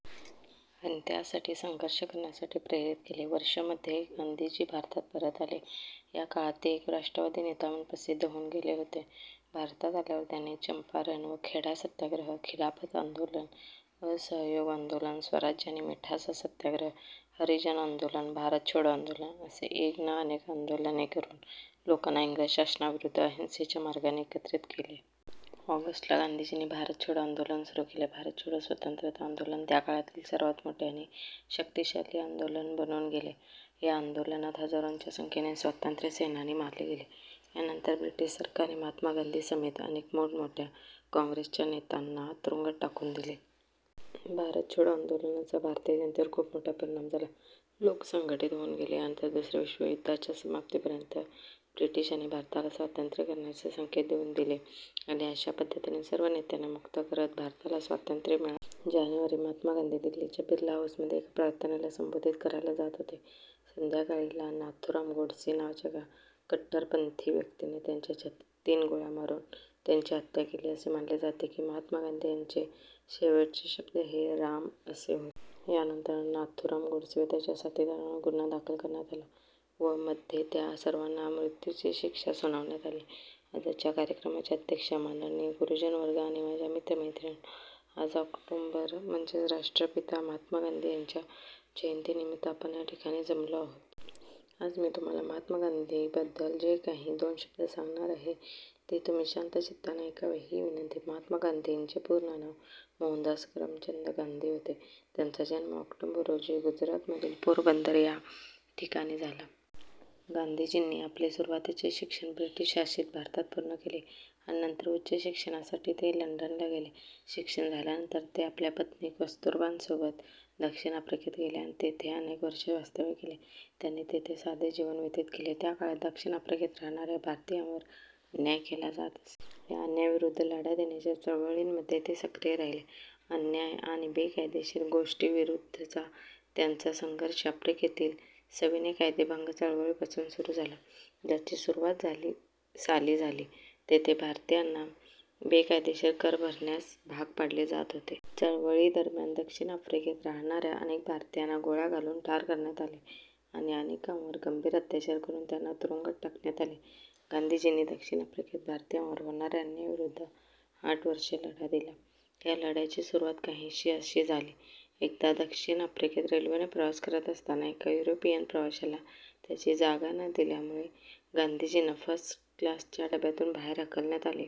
आणि त्यासाठी संघर्ष करण्यासाठी प्रेरित केले. वर्ष मध्ये गांधीजी भारतात परत आले. या काळात ते एक राष्ट्रवादी नेता म्हणून प्रसिद्ध होऊन गेले होते. भारतात आल्यावर त्यांनी चंपारण व खेडा सत्याग्रह, खिलाफत आंदोलन, असहयोग आंदोलन, स्वराज्य आणि मिठाचा सत्याग्रह, हरिजन आंदोलन, भारत छोडो आंदोलन असे एक न अनेक आंदोलने करून लोकांना इंग्रज शासनाविरुद्ध अहिंसेच्या मार्गाने एकत्रित केले. ऑगस्ट ला गांधीजींनी भारत छोडो आंदोलन सुरू केले. भारत छोडो स्वतंत्रता आंदोलन त्या काळातील सर्वात मोठे आणि शक्तिशाली आंदोलन बनून गेले. या आंदोलनात हजारोंच्या संख्येने स्वातंत्र्यसेनानी मारले गेले. यानंतर ब्रिटीश सरकारने महात्मा गांधी समेत अनेक मोठमोठ्या काँग्रेसच्या नेतांना तुरुंगात टाकून दिले. भारत छोडो आंदोलनाचा भारतीय जनतेवर खूप मोठा परिणाम झाला. लोक संघटित होऊन गेले. यानंतर दुसरे विश्व युद्धाच्या समाप्तीपर्यंत ब्रिटिशांनी भारताला स्वातंत्र्य करण्याचे संकेत देऊन दिले आणि अशा पद्धतीने सर्व नेत्यांना मुक्त करत भारताला स्वातंत्र्य मिळाले. जानेवारी महात्मा गांधी दिल्लीच्या बिर्ला हाऊसमध्ये एका प्रार्थनेला संबोधित करायला जात होते. संध्याकाळी ला नाथूराम गोडसे नावाच्या एका कट्टरपंथी व्यक्तीने त्यांच्या छातीत तीन गोळ्या मारून त्यांची हत्या केली. असे मानले जाते की महात्मा गांधी यांचे शेवटचे शब्द 'हे राम' असे होते. यानंतर नाथूराम गोडसे व त्याच्या साथीदारांवर गुन्हा दाखल करण्यात आला व मध्ये त्या सर्वांना मृत्यूची शिक्षा सुनावण्यात आली. आजच्या कार्यक्रमाचे अध्यक्ष, माननीय गुरुजनवर्ग आणि माझ्या मित्र-मैत्रिणींनो. आज ऑक्टोंबर म्हणजेच राष्ट्रपिता महात्मा गांधी यांच्या जयंतीनिमित्त आपण या ठिकाणी जमलो आहोत. आज मी तुम्हाला महात्मा गांधी बद्दल जे काही दोन शब्द सांगणार आहे, ते तुम्ही शांत चित्ताने ऐकावे ही विनंती. महात्मा गांधींचे पूर्ण नाव मोहनदास करमचंद गांधी होते. त्यांचा जन्म ऑक्टोबर रोजी गुजरातमधील पोरबंदर या ठिकाणी झाला. गांधीजींनी आपले सुरुवातीचे शिक्षण ब्रिटिश शासित भारतात पूर्ण केले. आणि नंतर उच्च शिक्षणासाठी ते लंडनला गेले. शिक्षण झाल्यानंतर ते आपल्या पत्नी कस्तुरबांसोबत दक्षिण आफ्रिकेत गेले आणि तेथे अनेक वर्षे वास्तव्य केले. त्यांनी तेथे साधे जीवन व्यतीत केले, त्या काळात दक्षिण आफ्रिकेत राहणा-या भारतीयांवर अन्याय केला जात असे. या अन्यायाविरुद्ध लढा देण्याच्या चळवळींमध्ये ते सक्रिय राहिले. अन्याय आणि बेकायदेशीर गोष्टींविरुद्धचा त्यांचा संघर्ष आफ्रिकेतील सविनय कायदेभंग चळवळीपासून सुरू झाला, ज्याची सुरुवात साली झाली. तेथे भारतीयांना बेकायदेशीर कर भरण्यास भाग पाडले जात होते. चळवळीदरम्यान, दक्षिण आफ्रिकेत राहणाऱ्या अनेक भारतीयांना गोळ्या घालून ठार करण्यात आले आणि अनेकांवर गंभीर अत्याचार करून त्यांना तुरुंगात टाकण्यात आले. गांधीजींनी दक्षिण आफ्रिकेत भारतीयांवर होणाऱ्या अन्यायाविरुद्ध आठ वर्षे लढा दिला. या लढ्याची सुरवात काहीशी अशी झाली, एकदा दक्षिण आफ्रिकेत रेल्वेने प्रवास करत असताना एका युरोपियन प्रवाशाला त्याची जागा न दिल्यामुळे गांधीजींना फर्स्ट क्लासच्या डब्यातून बाहेर हकलण्यात आले.